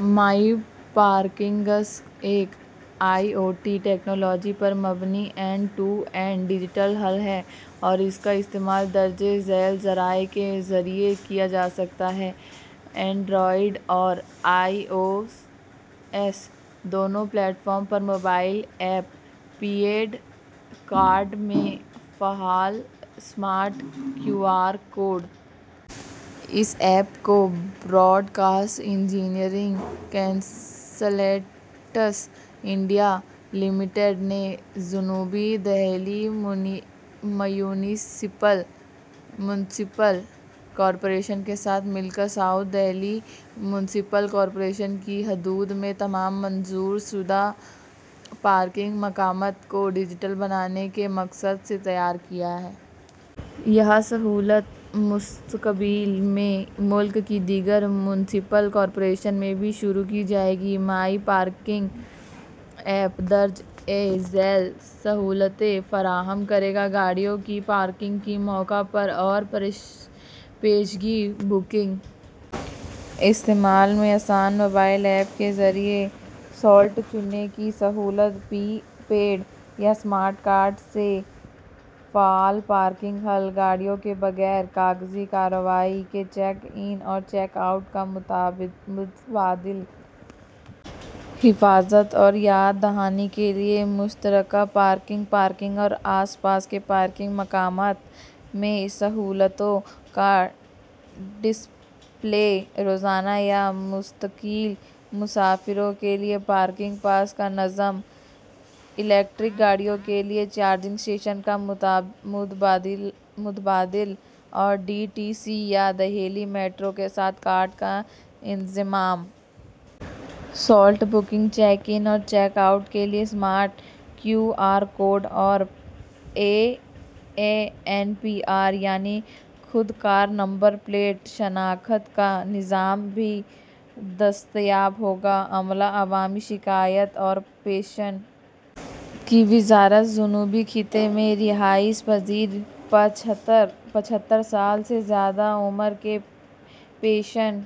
مائی Parkings ایک I O T technology پر مبنی اینڈ ٹو اینڈ ڈیجیٹل حل ہے اور اس کا استعمال درج ذیل ذرائع کے ذریعے کیا جا سکتا ہے۔ اینڈرائیڈ اور آئی او ایس دونوں پلیٹ فارمز پر mobile app, prepaid card سے فعال اسمارٹ کیو آر کوڈ۔ اس ایپ کو broadcast engineering consultants India limited نے جنوبی دہلی میونسپل کارپوریشن کے ساتھ مل کر ساؤتھ دہلی میونسپل کارپوریشن کی حدود میں تمام منظور شدہ پارکنگ مقامات کو ڈیجیٹل بنانے کے مقصد سے تیار کیا ہے۔ یہ سہولت مستقبل میں ملک کی دیگر میونسپل کارپوریشنز میں بھی شروع کی جائے گی۔ مائی پارکنگس ایپ درج ذیل سہولتیں فراہم کرے گی۔ گاڑیوں کی پارکنگ کی موقع پر اور پیشگی بکنگ، استعمال میں آسان موبائل ایپ کے ذریعے سلاٹ چننے کی سہولت، پری پیڈ یا اسمارٹ کارڈ سے فعال پارکنگ حل، گاڑیوں کے بغیر کاغذی کارروائی کے چیک اِن اور چیک آؤٹ کا متبادل، حفاظت اور یاد دہانی کے لیے مشترکہ پارکنگ، پارکنگ اور آس پاس کے پارکنگ مقامات میں سہولتوں کا ڈسپلے، روزانہ یا مستقل مسافروں کے لیے پارکنگ پاس کا نظم، الیکٹرک گاڑیوں کے لیے چارجنگ اسٹیشن کا متبادل، اور ڈی ٹی سی یا دہلی میٹرو کے ساتھ کارڈ کا انضمام۔ سلاٹ بکنگ، چیک اِن اور چیک آؤٹ کے لیے اسمارٹ کیو آر کوڈ اور اے این پی آر، یعنی خودکار نمبر پلیٹ شناخت کا نظام بھی دستیاب ہوگا۔ عملہ، عوامی شکایات اور پنشن کی وزارت جنوبی خطے میں رہائش پذیر پچھتر سال سے زیادہ عمر کے پنشن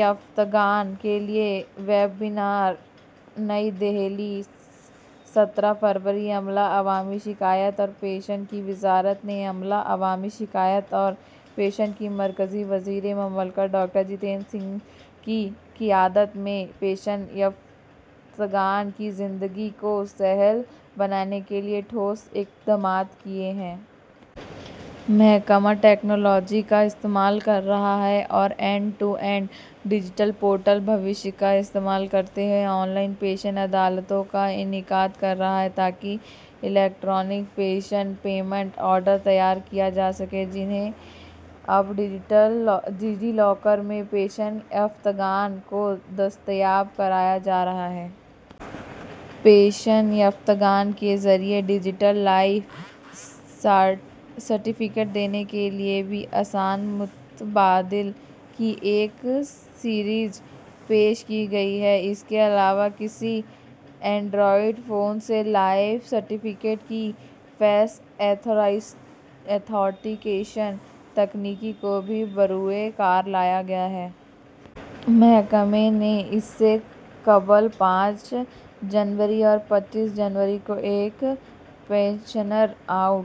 یافتگان کے لیے ویبینار نئی دہلی، سترہ فروری: عملہ، عوامی شکایات اور پنشن کی وزارت نے عملہ، عوامی شکایات اور پنشن کے مرکزی وزیر مملکت ڈاکٹر جتیندر سنگھ کی قیادت میں پنشن یافتگان کی زندگی کو سہل بنانے کے لیے ٹھوس اقدامات کیے ہیں۔ محکمہ ٹیکنالوجی کا استعمال کر رہا ہے اور end to end digital portal Bhavishya کا استعمال کرتے ہوئے آن لائن پنشن عدالتوں کا انعقاد کر رہا ہے، تاکہ الیکٹرانک پنشن پیمنٹ آرڈر تیار کیے جا سکیں، جنہیں اب ڈیجی لاکر میں پنشن یافتگان کو دستیاب کرایا جا رہا ہے۔ پنشن یافتگان کے ذریعے ڈیجیٹل لائف سرٹیفکیٹ دینے کے لیے بھی آسان متبادل کی ایک سیریز پیش کی گئی ہے۔ اس کے علاوہ کسی اینڈرائیڈ فون سے لائف سرٹیفکیٹ کی فیس ایتھنٹیکیشن تکنیک کو بھی بروئے کار لایا گیا ہے۔ محکمہ نے اس سے قبل پانچ جنوری اور پچیس جنوری کو ایک پنشنر آؤٹ۔۔۔